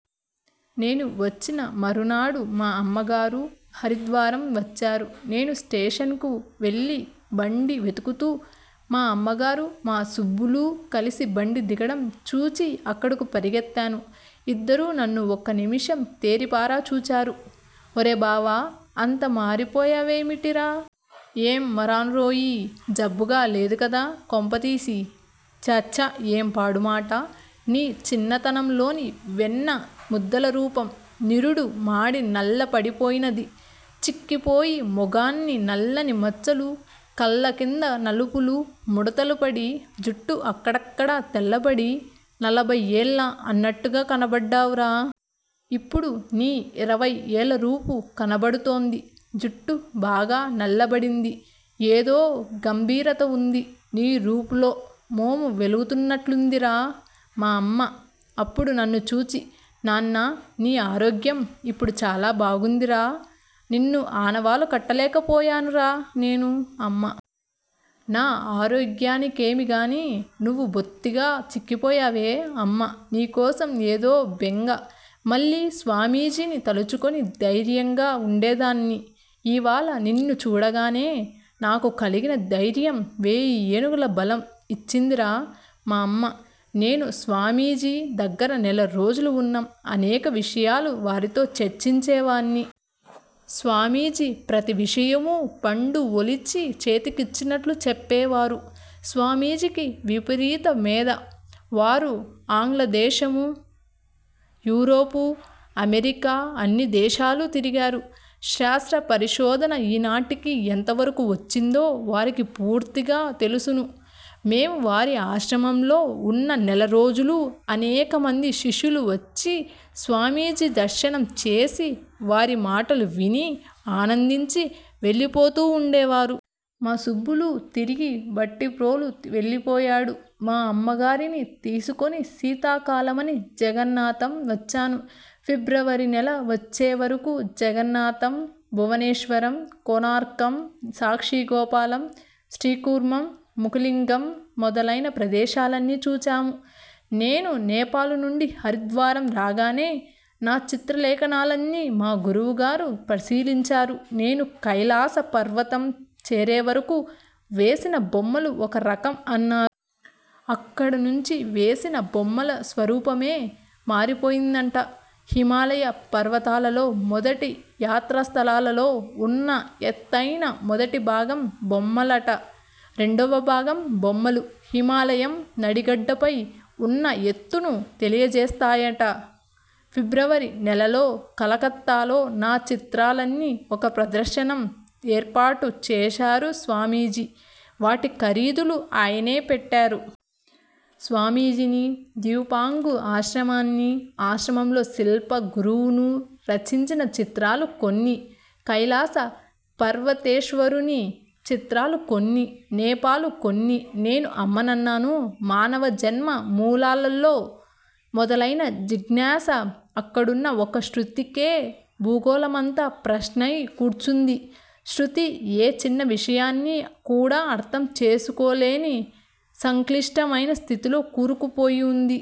నేను వచ్చిన మరునాడు మా అమ్మగారు హరిద్వారం వచ్చారు. నేను స్టేషనుకు వెళ్ళి, బండి వెతుకుతూ, మా అమ్మగారూ, మా సుబ్బులూ కలసి బండి దిగడం చూచి అక్కడకు పరుగెత్తాను. ఇద్దరూ నన్ను ఒక్క నిమిషం తేరిపార చూచారు! '' ఒరే బావా! అంత మారిపోయా వేమిటిరా? '''' ఏం మరానురోయి! జబ్బుగా లేదుకదా, కొంపదీసి! '''' ఛా! ఛా! ఏం పాడుమాట. నీ చిన్నతనంలోని వెన్న ముద్దలరూపం నిరుడు మాడి నల్ల పడిపోయినది. చిక్కిపోయి, మొగాన్ని నల్లని మచ్చలు, కళ్ళ కింద నలుపులు, ముడతలుపడి, జుట్టు అక్కడక్కడ తెల్లబడి, నలభై ఏళ్ళా అన్నట్టుగా కనబడ్డావురా! ఇప్పుడు నీ ఇరవై ఏళ్ళరూపూ కనబడుతోంది. జుట్టు బాగా నల్లబడింది. ఏదో గంభీరత ఉంది నీ రూపుల్లో మోము వెలుగుతున్నట్లుందిరా! '' మా అమ్మ, అప్పుడు నన్ను చూచి, ''నాన్న! నీ ఆరోగ్యం ఇప్పుడు చాలా బాగుందిరా! నిన్ను ఆనవాలు కట్టలేకపోయానురా! '' నేను: అమ్మా! నా ఆరోగ్యానికేమీగాని, నువ్వు బొత్తిగా చిక్కిపోయావే! అమ్మ: నీకోసం ఏదో బెంగ. మళ్ళీ స్వామీజీని తలుచుకొని ధైర్యంగా ఉండేదాన్ని. ఈవాళ నిన్ను చూడగానే నాకు కలిగిన ధైర్యం వేయి ఏనుగుల బలం ఇచ్చిందిరా! మా అమ్మా, నేనూ స్వామీజీ దగ్గర నెలరోజులు వున్నాం. అనేక విషయాలు వారితో చర్చించేవాణ్ణి. స్వామీజీ ప్రతి విషయమూ పండు ఒలిచి చేతికిచ్చినట్లు చెప్పేవారు. స్వామీజీకి విపరీత మేధ. వారు ఆంగ్లదేశము, యూరోపు, అమెరికా అన్ని దేశాలు తిరిగారు. శాస్త్రపరిశోధన ఈనాటికి ఎంతవరకు వచ్చిందో వారికి పూర్తిగా తెలుసును. మేము వారి ఆశ్రమంలో ఉన్న నెలరోజులూ అనేకమంది శిష్యులువచ్చి స్వామీజీ దర్శనం చేసి వారి మాటలు విని ఆనందించి వెళ్ళిపోతూ వుండేవారు. మా సుబ్బులు తిరిగి భట్టిప్రోలు వెళ్ళిపోయాడు. మా అమ్మగారిని తీసుకొని శీతాకాలమని జగన్నాథం వచ్చాను. ఫిబ్రవరి నెల వచ్చేవరకు జగన్నాథం, భువనేశ్వరం, కోణార్కం, సాక్షిగోపాలం, శ్రీకూర్మం, ముఖలింగం మొదలైన ప్రదేశాలన్నీ చుచాము. నేను నేపాలునుండి హరిద్వారం రాగానే నా చిత్రలేఖనాలన్నీ మా గురువుగారు పరిశీలించారు. నేను కైలాస పర్వతం చేరేవరకూ వేసిన బొమ్మలు ఒక రకం అన్నారు. అక్కడనుంచి వేసిన బొమ్మల స్వరూపమే మారిపోయిందట. హిమాలయ పర్వతాలలో మొదటి యాత్రాస్థలాల్లో ఉన్న ఎత్తేనా మొదటిభాగం బొమ్మలట. రెండవభాగం బొమ్మలు, హిమాలయం నడిగడ్డపై ఉన్న ఎత్తును తెలియజేస్తాయట. ఫిబ్రవరి నెలలో కలకత్తాలో నా చిత్రాలన్నీ ఒక ప్రదర్శనం ఏర్పాటు చేశారు స్వామీజీ. వాటి ఖరీదులు ఆయనే పెట్టారు. స్వామీజీని, ద్యూపాంగు ఆశ్రమాన్ని, ఆశ్రమంలో శిల్ప గురువును రచించిన చిత్రాలు కొన్ని, కైలాస పర్వతేశ్వరుని చిత్రాలు కొన్ని, నేపాలు కొన్ని నేను అమ్మనన్నాను. మానవజన్మ మూలల్లో మొదలైన జిజ్ఞాస అక్కడున్న ఒక్క శృతికే భూగోళమంతా ప్రశ్నై కూర్చుంది. శృతి ఏ చిన్న విషయాన్ని కూడా అర్థం చేసుకోలేని సంక్లిష్టమైన స్థితిలో కూరుకుపోయి వుంది.